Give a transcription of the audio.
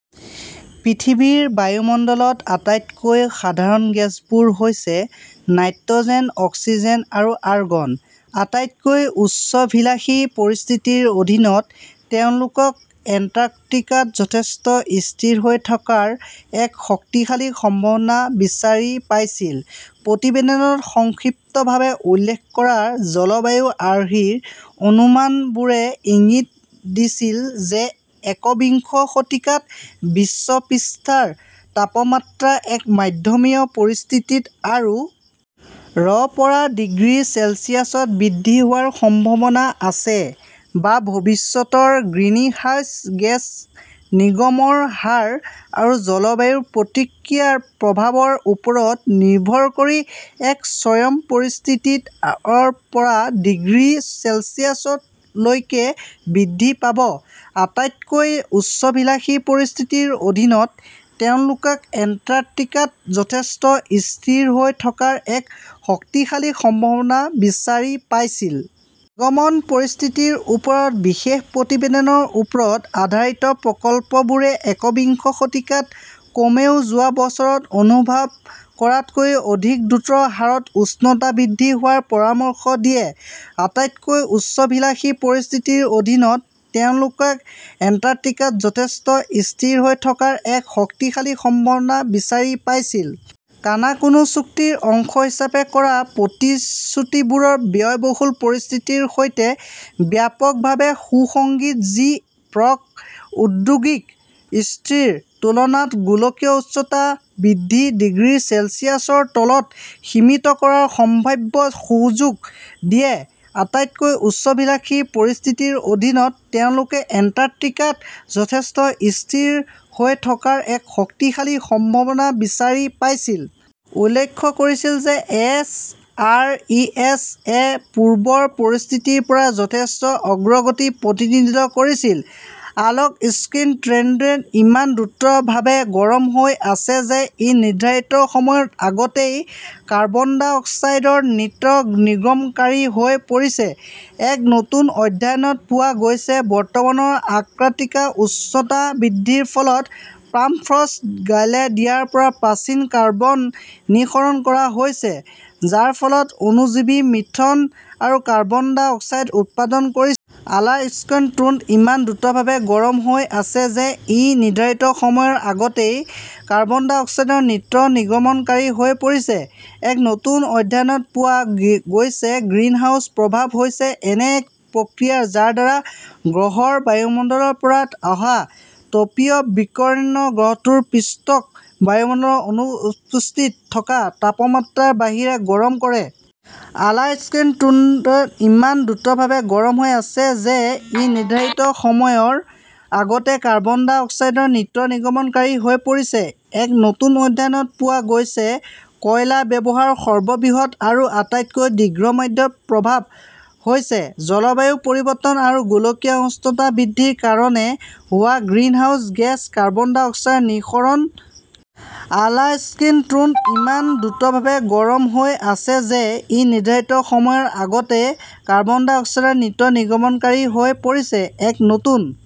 পৃথিৱীৰ বায়ুমণ্ডলত আটাইতকৈ সাধাৰণ গেছবোৰ হৈছে নাইট্ৰজেন, অক্সিজেন, আৰু আৰগন। আটাইতকৈ উচ্চাভিলাষী পৰিস্থিতিৰ অধীনত, তেওঁলোকে এণ্টাৰ্কটিকা যথেষ্ট স্থিৰ হৈ থকাৰ এক শক্তিশালী সম্ভাৱনা বিচাৰি পাইছিল। " প্ৰতিবেদনত সংক্ষিপ্তভাৱে উল্লেখ কৰা জলবায়ু আৰ্হিৰ অনুমানবোৰে ইংগিত দিছিল যে একবিংশ শতিকাত বিশ্ব পৃষ্ঠৰ তাপমাত্ৰা এক মধ্যমীয়া পৰিস্থিতিত আৰু. ৰ পৰা ডিগ্ৰী চেলছিয়াছ বৃদ্ধি হোৱাৰ সম্ভাৱনা আছে, বা ভৱিষ্যতৰ গ্ৰিনহাউস গেছ নিৰ্গমনৰ হাৰ আৰু জলবায়ুৰ প্ৰতিক্ৰিয়াৰ প্ৰভাৱৰ ওপৰত নিৰ্ভৰ কৰি এক চৰম পৰিস্থিতিত. ৰ পৰা ডিগ্ৰী চেলছিয়াছ লৈকে বৃদ্ধি পাব। আটাইতকৈ উচ্চাভিলাষী পৰিস্থিতিৰ অধীনত, তেওঁলোকে এণ্টাৰ্কটিকা যথেষ্ট স্থিৰ হৈ থকাৰ এক শক্তিশালী সম্ভাৱনা বিচাৰি পাইছিল। " নিৰ্গমন পৰিস্থিতিৰ ওপৰত বিশেষ প্ৰতিবেদনৰ ওপৰত আধাৰিত প্ৰকল্পবোৰে একবিংশ শতিকাত কমেও যোৱা বছৰত অনুভৱ কৰাতকৈ অধিক দ্ৰুত হাৰত উষ্ণতা বৃদ্ধি হোৱাৰ পৰামৰ্শ দিয়ে। আটাইতকৈ উচ্চাভিলাষী পৰিস্থিতিৰ অধীনত, তেওঁলোকে এণ্টাৰ্কটিকা যথেষ্ট স্থিৰ হৈ থকাৰ এক শক্তিশালী সম্ভাৱনা বিচাৰি পাইছিল। " কানকুন চুক্তিৰ অংশ হিচাপে কৰা প্ৰতিশ্ৰুতিবোৰ ব্যয়বহুল পৰিস্থিতিৰ সৈতে ব্যাপকভাৱে সুসংগত যি প্ৰাক-ঔদ্যোগিক স্তৰৰ তুলনাত গোলকীয় উষ্ণতা বৃদ্ধি ডিগ্ৰী চেলছিয়াছৰ তলত সীমিত কৰাৰ "সম্ভাৱ্য" সুযোগ দিয়ে। আটাইতকৈ উচ্চাভিলাষী পৰিস্থিতিৰ অধীনত, তেওঁলোকে এণ্টাৰ্কটিকা যথেষ্ট স্থিৰ হৈ থকাৰ এক শক্তিশালী সম্ভাৱনা বিচাৰি পাইছিল। " উল্লেখ কৰিছিল যে এছ. আৰ. ই. এছ. -এ "পূৰ্বৰ পৰিস্থিতিৰ পৰা যথেষ্ট অগ্ৰগতি" প্ৰতিনিধিত্ব কৰিছিল। আলাস্কান টুণ্ড্ৰা ইমান দ্ৰুতভাৱে গৰম হৈ আছে যে ই নিৰ্ধাৰিত সময়ৰ আগতেই কাৰ্বন ডাই অক্সাইডৰ নিট নিৰ্গমনকাৰী হৈ পৰিছে, এক নতুন অধ্যয়নত পোৱা গৈছে বৰ্তমানৰ আৰ্কটিক উষ্ণতা বৃদ্ধিৰ ফলত পাৰ্মাফ্ৰষ্ট গলাই দিয়াৰ পৰা প্ৰাচীন কাৰ্বন নিঃসৰণ কৰা হৈছে, যাৰ ফলত অণুজীৱে মিথেন আৰু কাৰ্বন ডাই অক্সাইড উৎপাদন কৰিছে। আলাস্কান টুণ্ড্ৰা ইমান দ্ৰুতভাৱে গৰম হৈ আছে যে ই নিৰ্ধাৰিত সময়ৰ আগতেই কাৰ্বন ডাই অক্সাইডৰ নিট নিৰ্গমনকাৰী হৈ পৰিছে, এক নতুন অধ্যয়নত পোৱা গৈছে গ্ৰীণহাউছ প্ৰভাৱ হৈছে এনে এক প্ৰক্ৰিয়া যাৰ দ্বাৰা গ্ৰহৰ বায়ুমণ্ডলৰ পৰা অহা তাপীয় বিকিৰণই গ্ৰহটোৰ পৃষ্ঠক বায়ুমণ্ডলৰ অনুপস্থিতিত থকা তাপমাত্ৰাৰ বাহিৰে গৰম কৰে। আলাস্কান টুণ্ড্ৰা ইমান দ্ৰুতভাৱে গৰম হৈ আছে যে ই নিৰ্ধাৰিত সময়ৰ আগতেই কাৰ্বন ডাই অক্সাইডৰ নিট নিৰ্গমনকাৰী হৈ পৰিছে, এক নতুন অধ্যয়নত পোৱা গৈছে কয়লা ব্যৱহাৰৰ সৰ্ববৃহৎ আৰু আটাইতকৈ দীৰ্ঘম্যাদী প্ৰভাৱ হৈছে জলবায়ু পৰিৱৰ্তন আৰু গোলকীয় উষ্ণতা বৃদ্ধিৰ কাৰণ হোৱা গ্ৰীণহাউচ গেছ কাৰ্বন ডাই অক্সাইডৰ নিঃসৰণ। আলাস্কান টুণ্ড্ৰা ইমান দ্ৰুতভাৱে গৰম হৈ আছে যে ই নিৰ্ধাৰিত সময়ৰ আগতেই কাৰ্বন ডাই অক্সাইডৰ নিট নিৰ্গমনকাৰী হৈ পৰিছে, এক নতুন